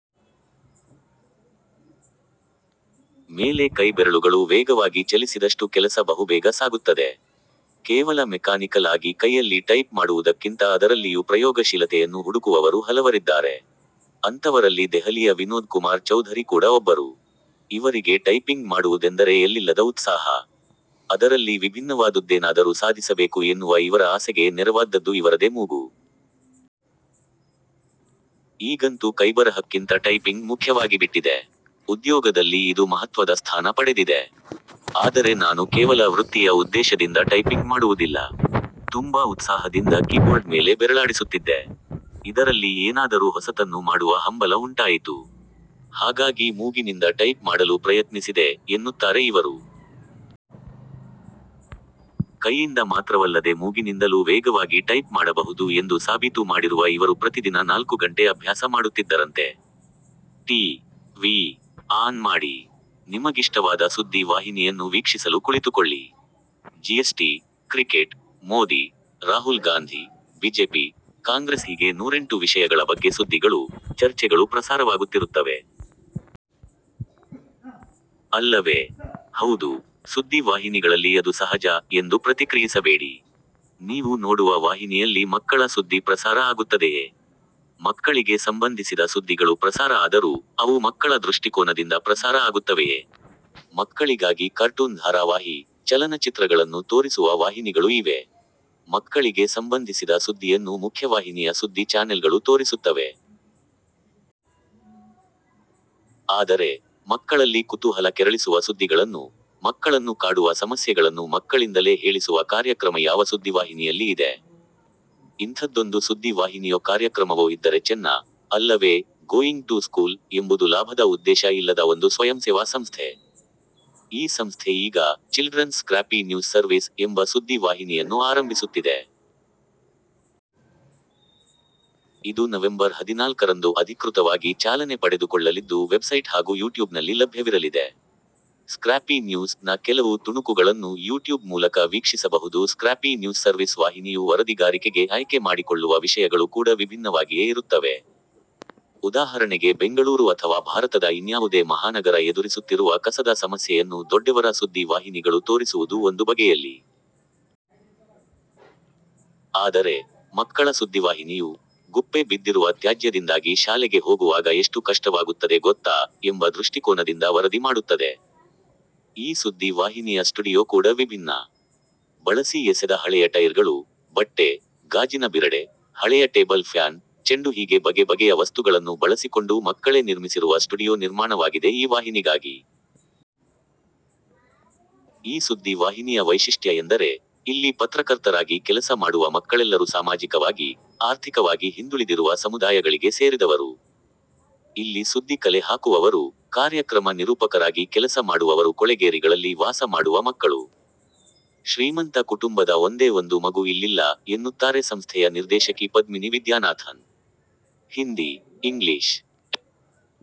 ಮೇಲೆ ಕೈ ಬೆರಳುಗಳು ವೇಗವಾಗಿ ಚಲಿಸಿದಷ್ಟು ಕೆಲಸ ಬಹುಬೇಗ ಸಾಗುತ್ತದೆ. ಕೇವಲ ಮೆಕಾನಿಕಲ್ ಆಗಿ ಕೈಯಲ್ಲಿ ಟೈಪ್ ಮಾಡುವುದಕ್ಕಿಂತ ಅದರಲ್ಲಿಯೂ ಪ್ರಯೋಗಶೀಲತೆಯನ್ನು ಹುಡುಕುವವರು ಹಲವರಿದ್ದಾರೆ. ಅಂತವರಲ್ಲಿ ದೆಹಲಿಯ ವಿನೋದ್ ಕುಮಾರ್ ಚೌಧರಿ ಕೂಡ ಒಬ್ಬರು. ಇವರಿಗೆ ಟೈಪಿಂಗ್ ಮಾಡುವುದೆಂದರೆ ಎಲ್ಲಿಲ್ಲದ ಉತ್ಸಾಹ. ಅದರಲ್ಲಿ ವಿಭಿನ್ನವಾದುದ್ದೇನಾದರೂ ಸಾಧಿಸಬೇಕು ಎನ್ನುವ ಇವರ ಆಸೆಗೆ ನೆರವಾದ್ದದ್ದು ಇವರದೇ ಮೂಗು. 'ಈಗಂತೂ ಕೈಬರಹಕ್ಕಿಂತ ಟೈಪಿಂಗ್ ಮುಖ್ಯವಾಗಿಬಿಟ್ಟಿದೆ. ಉದ್ಯೋಗದಲ್ಲಿ ಇದು ಮಹತ್ವದ ಸ್ಥಾನ ಪಡೆದಿದೆ. ಆದರೆ ನಾನು ಕೇವಲ ವೃತ್ತಿಯ ಉದ್ದೇಶದಿಂದ ಟೈಪಿಂಗ್ ಮಾಡುವುದಿಲ್ಲ. ತುಂಬಾ ಉತ್ಸಾಹದಿಂದ ಕೀಬೋರ್ಡ್ ಮೇಲೆ ಬೆರಳಾಡಿಸುತ್ತಿದ್ದೆ. ಇದರಲ್ಲಿ ಏನಾದರೂ ಹೊಸತನ್ನು ಮಾಡುವ ಹಂಬಲ ಉಂಟಾಯಿತು. ಹಾಗಾಗಿ ಮೂಗಿನಿಂದ ಟೈಪ್ ಮಾಡಲು ಪ್ರಯತ್ನಿಸಿದೆ' ಎನ್ನುತ್ತಾರೆ ಇವರು. ಕೈಯಿಂದ ಮಾತ್ರವಲ್ಲದೇ ಮೂಗಿನಿಂದಲೂ ವೇಗವಾಗಿ ಟೈಪ್ ಮಾಡಬಹುದು ಎಂದು ಸಾಬೀತು ಮಾಡಿರುವ ಇವರು ಪ್ರತಿದಿನ ನಾಲ್ಕು ಗಂಟೆ ಅಭ್ಯಾಸ ಮಾಡುತ್ತಿದ್ದರಂತೆ. ಟಿ. ವಿ. ಆನ್ ಮಾಡಿ. ನಿಮಗಿಷ್ಟವಾದ ಸುದ್ದಿ ವಾಹಿನಿಯನ್ನು ವೀಕ್ಷಿಸಲು ಕುಳಿತುಕೊಳ್ಳಿ. GST, cricket, Modi, Rahul Gandhi, BJP, ಕಾಂಗ್ರೆಸ್ಹೀಗೆ ನೂರೆಂಟು ವಿಷಯಗಳ ಬಗ್ಗೆ ಸುದ್ದಿಗಳು, ಚರ್ಚೆಗಳು ಪ್ರಸಾರವಾಗುತ್ತಿರುತ್ತವೆ. ಅಲ್ಲವೇ? 'ಹೌದು, ಸುದ್ದಿ ವಾಹಿನಿಗಳಲ್ಲಿ ಅದು ಸಹಜ' ಎಂದು ಪ್ರತಿಕ್ರಿಯಿಸಬೇಡಿ. ನೀವು ನೋಡುವ ವಾಹಿನಿಯಲ್ಲಿ ಮಕ್ಕಳ ಸುದ್ದಿ ಪ್ರಸಾರ ಆಗುತ್ತದೆಯೇ? ಮಕ್ಕಳಿಗೆ ಸಂಬಂಧಿಸಿದ ಸುದ್ದಿಗಳು ಪ್ರಸಾರ ಆದರೂ, ಅವು ಮಕ್ಕಳ ದೃಷ್ಟಿಕೋನದಿಂದ ಪ್ರಸಾರ ಆಗುತ್ತವೆಯೇ? ಮಕ್ಕಳಿಗಾಗಿ ಕಾರ್ಟೂನ್ ಧಾರಾವಾಹಿ, ಚಲನಚಿತ್ರಗಳನ್ನು ತೋರಿಸುವ ವಾಹಿನಿಗಳು ಇವೆ. ಮಕ್ಕಳಿಗೆ ಸಂಬಂಧಿಸಿದ ಸುದ್ದಿಯನ್ನು ಮುಖ್ಯವಾಹಿನಿಯ ಸುದ್ದಿ ಚಾನೆಲ್ಗಳೂ ತೋರಿಸುತ್ತವೆ. ಆದರೆ, ಮಕ್ಕಳಲ್ಲಿ ಕುತೂಹಲ ಕೆರಳಿಸುವ ಸುದ್ದಿಗಳನ್ನು, ಮಕ್ಕಳನ್ನು ಕಾಡುವ ಸಮಸ್ಯೆಗಳನ್ನು ಮಕ್ಕಳಿಂದಲೇ ಹೇಳಿಸುವ ಕಾರ್ಯಕ್ರಮ ಯಾವ ಸುದ್ದಿವಾಹಿನಿಯಲ್ಲಿ ಇದೆ? ಇಂಥದ್ದೊಂದು ಸುದ್ದಿ ವಾಹಿನಿಯೋ ಕಾರ್ಯಕ್ರಮವೋ ಇದ್ದರೆ ಚೆನ್ನ, ಅಲ್ಲವೇ 'ಗೋಯಿಂಗ್ ಟು ಸ್ಕೂಲ್' ಎಂಬುದು ಲಾಭದ ಉದ್ದೇಶ ಇಲ್ಲದ ಒಂದು ಸ್ವಯಂಸೇವಾ ಸಂಸ್ಥೆ. ಈ ಸಂಸ್ಥೆ ಈಗ 'ಚಿಲ್ಡ್ರನ್ಸ್ ಸ್ಕ್ರ್ಯಾಪಿ ನ್ಯೂಸ್ ಸರ್ವಿಸ್' ಎಂಬ ಸುದ್ದಿ ವಾಹಿನಿಯನ್ನು ಆರಂಭಿಸುತ್ತಿದೆ. ಇದು ನವೆಂಬರ್ ಹದಿನಾಲ್ಕರಂದು ಅಧಿಕೃತವಾಗಿ ಚಾಲನೆ ಪಡೆದುಕೊಳ್ಳಲಿದ್ದು ವೆಬ್ಸೈಟ್ ಹಾಗೂ ಯೂಟ್ಯೂಬ್ನಲ್ಲಿ ಲಭ್ಯವಿರಲಿದೆ. 'ಸ್ಕ್ರ್ಯಾಪಿ ನ್ಯೂಸ್'ನ ಕೆಲವು ತುಣುಕುಗಳನ್ನು ಯೂಟ್ಯೂಬ್ ಮೂಲಕ ವೀಕ್ಷಿಸಬಹುದು ಸ್ಕ್ರ್ಯಾಪಿ ನ್ಯೂಸ್ ಸರ್ವಿಸ್ ವಾಹಿನಿಯು ವರದಿಗಾರಿಕೆಗೆ ಆಯ್ಕೆ ಮಾಡಿಕೊಳ್ಳುವ ವಿಷಯಗಳು ಕೂಡ ವಿಭಿನ್ನವಾಗಿಯೇ ಇರುತ್ತವೆ. ಉದಾಹರಣೆಗೆ ಬೆಂಗಳೂರು ಅಥವಾ ಭಾರತದ ಇನ್ಯಾವುದೇ ಮಹಾನಗರ ಎದುರಿಸುತ್ತಿರುವ ಕಸದ ಸಮಸ್ಯೆಯನ್ನು ದೊಡ್ಡವರ ಸುದ್ದಿ ವಾಹಿನಿಗಳು ತೋರಿಸುವುದು ಒಂದು ಬಗೆಯಲ್ಲಿ. ಆದರೆ, ಮಕ್ಕಳ ಸುದ್ದಿವಾಹಿನಿಯು, 'ಗುಪ್ಪೆ ಬಿದ್ದಿರುವ ತ್ಯಾಜ್ಯದಿಂದಾಗಿ ಶಾಲೆಗೆ ಹೋಗುವಾಗ ಎಷ್ಟು ಕಷ್ಟವಾಗುತ್ತದೆ ಗೊತ್ತಾ' ಎಂಬ ದೃಷ್ಟಿಕೋನದಿಂದ ವರದಿ ಮಾಡುತ್ತದೆ. ಈ ಸುದ್ದಿ ವಾಹಿನಿಯ ಸ್ಟುಡಿಯೋ ಕೂಡ ವಿಭಿನ್ನ. ಬಳಸಿ ಎಸೆದ ಹಳೆಯ ಟೈರ್ಗಳು, ಬಟ್ಟೆ, ಗಾಜಿನ ಬಿರಡೆ, ಹಳೆಯ ಟೇಬಲ್ ಫ್ಯಾನ್, ಚೆಂಡುಹೀಗೆ ಬಗೆ ಬಗೆಯ ವಸ್ತುಗಳನ್ನು ಬಳಸಿಕೊಂಡು ಮಕ್ಕಳೇ ನಿರ್ಮಿಸಿರುವ ಸ್ಟುಡಿಯೋ ನಿರ್ಮಾಣವಾಗಿದೆ ಈ ವಾಹಿನಿಗಾಗಿ. ಈ ಸುದ್ದಿ ವಾಹಿನಿಯ ವೈಶಿಷ್ಟ್ಯ ಎಂದರೆ, ಇಲ್ಲಿ ಪತ್ರಕರ್ತರಾಗಿ ಕೆಲಸ ಮಾಡುವ ಮಕ್ಕಳೆಲ್ಲರೂ ಸಾಮಾಜಿಕವಾಗಿ, ಆರ್ಥಿಕವಾಗಿ ಹಿಂದುಳಿದಿರುವ ಸಮುದಾಯಗಳಿಗೆ ಸೇರಿದವರು. 'ಇಲ್ಲಿ ಸುದ್ದಿ ಕಲೆ ಹಾಕುವವರು, ಕಾರ್ಯಕ್ರಮ ನಿರೂಪಕರಾಗಿ ಕೆಲಸ ಮಾಡುವವರು ಕೊಳೆಗೇರಿಗಳಲ್ಲಿ ವಾಸ ಮಾಡುವ ಮಕ್ಕಳು. ಶ್ರೀಮಂತ ಕುಟುಂಬದ ಒಂದೇ ಒಂದು ಮಗು ಇಲ್ಲಿಲ್ಲ' ಎನ್ನುತ್ತಾರೆ ಸಂಸ್ಥೆಯ ನಿರ್ದೇಶಕಿ ಪದ್ಮಿನಿ ವಿದ್ಯಾನಾಥನ್. 'ಹಿಂದಿ, ಇಂಗ್ಲಿಷ್